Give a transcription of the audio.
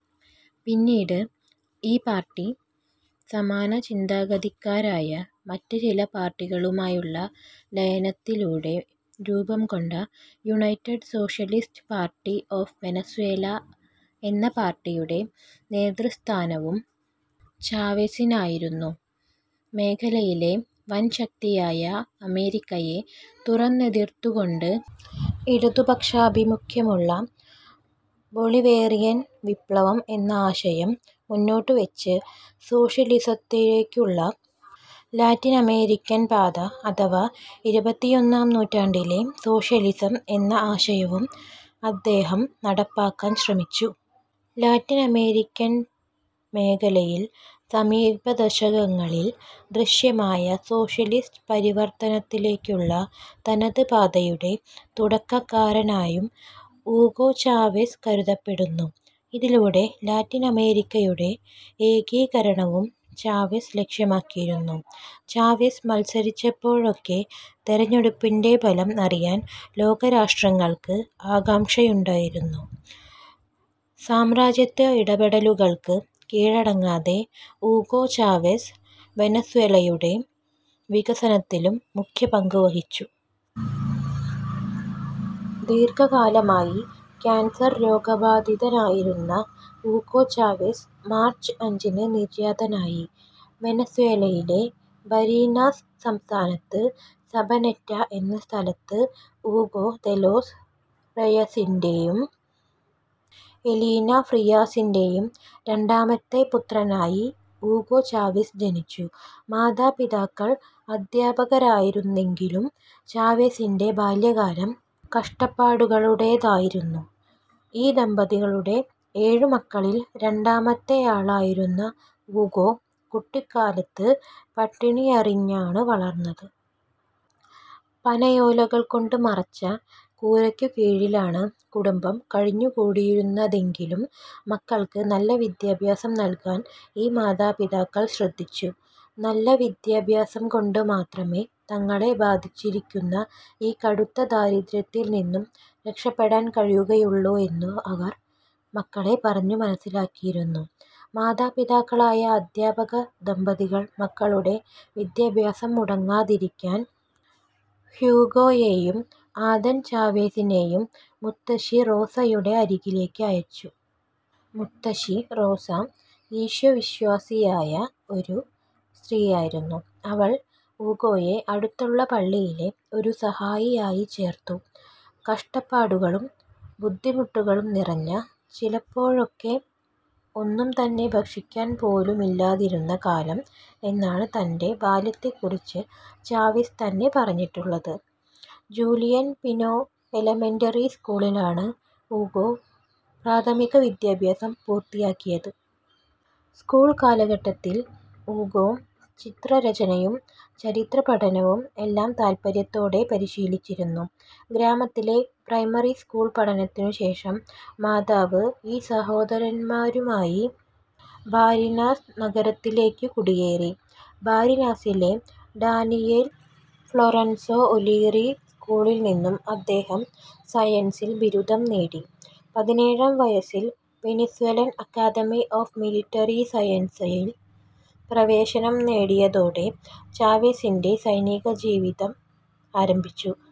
പിന്നീട് ഈ പാർട്ടി സമാനചിന്താഗതിക്കാരായ മറ്റ് ചില പാർട്ടികളുമായുള്ള ലയനത്തിലൂടെ രൂപംകൊണ്ട United Socialist Party of Venezuela എന്ന പാർട്ടിയുടെ നേതൃസ്ഥാനവും ചാവെസിനായിരുന്നു. മേഖലയിലെ വൻശക്തിയായ അമേരിക്കയെ തുറന്നെതിർത്തുകൊണ്ട്, ഇടതുപക്ഷാഭിമുഖ്യമുള്ള ബൊളിവേറിയൻ വിപ്ലവം എന്ന ആശയം മുന്നോട്ടുവെച്ച് സോഷ്യലിസത്തിലേക്കുള്ള ലാറ്റിനമേരിക്കൻ പാത അഥവാ ഇരുപത്തിയൊന്നാം നൂറ്റാണ്ടിലെ സോഷ്യലിസം എന്ന ആശയവും അദ്ദേഹം നടപ്പാക്കാൻ ശ്രമിച്ചു. ലാറ്റിൻ അമേരിക്കൻ മേഖലയിൽ സമീപദശകങ്ങളിൽ ദൃശ്യമായ സോഷ്യലിസ്റ്റ് പരിവർത്തനത്തിലേക്കുള്ള തനത് പാതയുടെ തുടക്കക്കാരാനായും ഊഗോ ചാവെസ് കരുതപ്പെടുന്നു. ഇതിലൂടെ ലാറ്റിനമേരിക്കയുടെ ഏകീകരണവും ചാവെസ് ലക്ഷ്യമാക്കിയിരുന്നു. ചാവെസ് മത്സരിച്ചപ്പോഴൊക്കെ തിരഞ്ഞെടുപ്പിന്റെ ഫലം അറിയാൻ ലോകരാഷ്ട്രങ്ങൾക്ക് ആകാംക്ഷയുണ്ടായിരുന്നു. സാമ്രാജ്യത്വ ഇടപെടലുകൾക്ക് കീഴടങ്ങാതെ ഊഗോ ചാവെസ് വെനസ്വെലയുടെ വികസനത്തിലും മുഖ്യപങ്കുവഹിച്ചു. ദീർഘകാലമായി ക്യാൻസർ രോഗബാധിതനായിരുന്ന ഊഗോ ചാവെസ് മാർച്ച് അഞ്ചിന് നിര്യാതനായി. വെനസ്വേലയിലെ ബരീനാസ് സംസ്ഥാനത്ത് സബനെറ്റ എന്ന സ്ഥലത്ത് ഊഗോ ദെലോസ് റെയസിന്റെയും എലീന ഫ്രിയാസിന്റെയും രണ്ടാമത്തെ പുത്രനായി ഊഗോ ചാവെസ് ജനിച്ചു. മാതാപിതാക്കൾ അദ്ധ്യാപകരായിരുന്നെങ്കിലും ചാവെസിന്റെ ബാല്യകാലം കഷ്ടപ്പാടുകളുടേതായിരുന്നു. ഈ ദമ്പതികളുടെ ഏഴുമക്കളിൽ രണ്ടാമത്തെയാളായിരുന്ന ഊഗോ കുട്ടിക്കാലത്ത് പട്ടിണിയറിഞ്ഞാണ് വളർന്നത്. പനയോലകൾക്കൊണ്ട് മറച്ച കൂരയ്ക്കു കീഴിലാണ് കുടുംബം കഴിഞ്ഞുകൂടിയിരുന്നതെങ്കിലും മക്കൾക്ക് നല്ല വിദ്യാഭ്യാസം നൽകാൻ ഈ മാതാപിതാക്കൾ ശ്രദ്ധിച്ചു. നല്ല വിദ്യാഭ്യാസം കൊണ്ടു മാത്രമേ തങ്ങളെ ബാധിച്ചിരിക്കുന്ന ഈ കടുത്ത ദാരിദ്ര്യത്തിൽ നിന്നും രക്ഷപ്പെടാൻ കഴിയുകയുള്ളു എന്നു അവർ മക്കളെ പറഞ്ഞു മനസ്സിലാക്കിയിരുന്നു. മാതാപിതാക്കളായ അധ്യാപക ദമ്പതികൾ മക്കളുടെ വിദ്യാഭ്യാസം മുടങ്ങാതിരിക്കാൻ ഹ്യൂഗോയേയും ആദൻ ചാവേസിനേയും മുത്തശ്ശി റോസയുടെ അരികിലേക്ക് അയച്ചു. മുത്തശ്ശി റോസ ഈശ്വവിശ്വാസിയായ ഒരു സ്ത്രീയായിരുന്നു. അവൾ ഊഗോയെ അടുത്തുള്ള പള്ളിയിലെ ഒരു സഹായിയായി ചേർത്തു. കഷ്ടപ്പാടുകളും, ബുദ്ധിമുട്ടുകളും നിറഞ്ഞ, ചിലപ്പോഴൊക്കെ ഒന്നും തന്നെ ഭക്ഷിക്കാൻ പോലുമില്ലാതിരുന്ന കാലം എന്നാണ് തന്റെ ബാല്യത്തെക്കുറിച്ച് ചാവെസ് തന്നെ പറഞ്ഞിട്ടുള്ളത്. ജൂലിയൻ പിനോ എലമെന്ററി സ്കൂളിലാണ് ഊഗോ പ്രാഥമിക വിദ്യാഭ്യാസം പൂർത്തിയാക്കിയത്. സ്കൂൾ കാലഘട്ടത്തിൽ ഊഗോ ചിത്രരചനയും ചരിത്രപഠനവും എല്ലാം താല്പര്യത്തോടെ പരിശീലിച്ചിരുന്നു. ഗ്രാമത്തിലെ പ്രൈമറി സ്കൂൾ പഠനത്തിനു ശേഷം മാതാവ് ഈ സഹോദരൻമാരുമായി ബാരിനാസ് നഗരത്തിലേക്കു കുടിയേറി. ബരീനാസിലെ ഡാനിയേൽ ഫ്ലൊറൻസോ ഒലീറി സ്ക്കൂളിൽ നിന്നും അദ്ദേഹം സയൻസിൽ ബിരുദം നേടി. പതിനേഴാം വയസിൽ വെനിസ്വെലൻ അക്കാദമി ഓഫ് മിലിട്ടറി സയൻസസിൽ പ്രവേശനം നേടിയതോടെ ചാവെസിന്റെ സൈനിക ജീവിതം ആരംഭിച്ചു.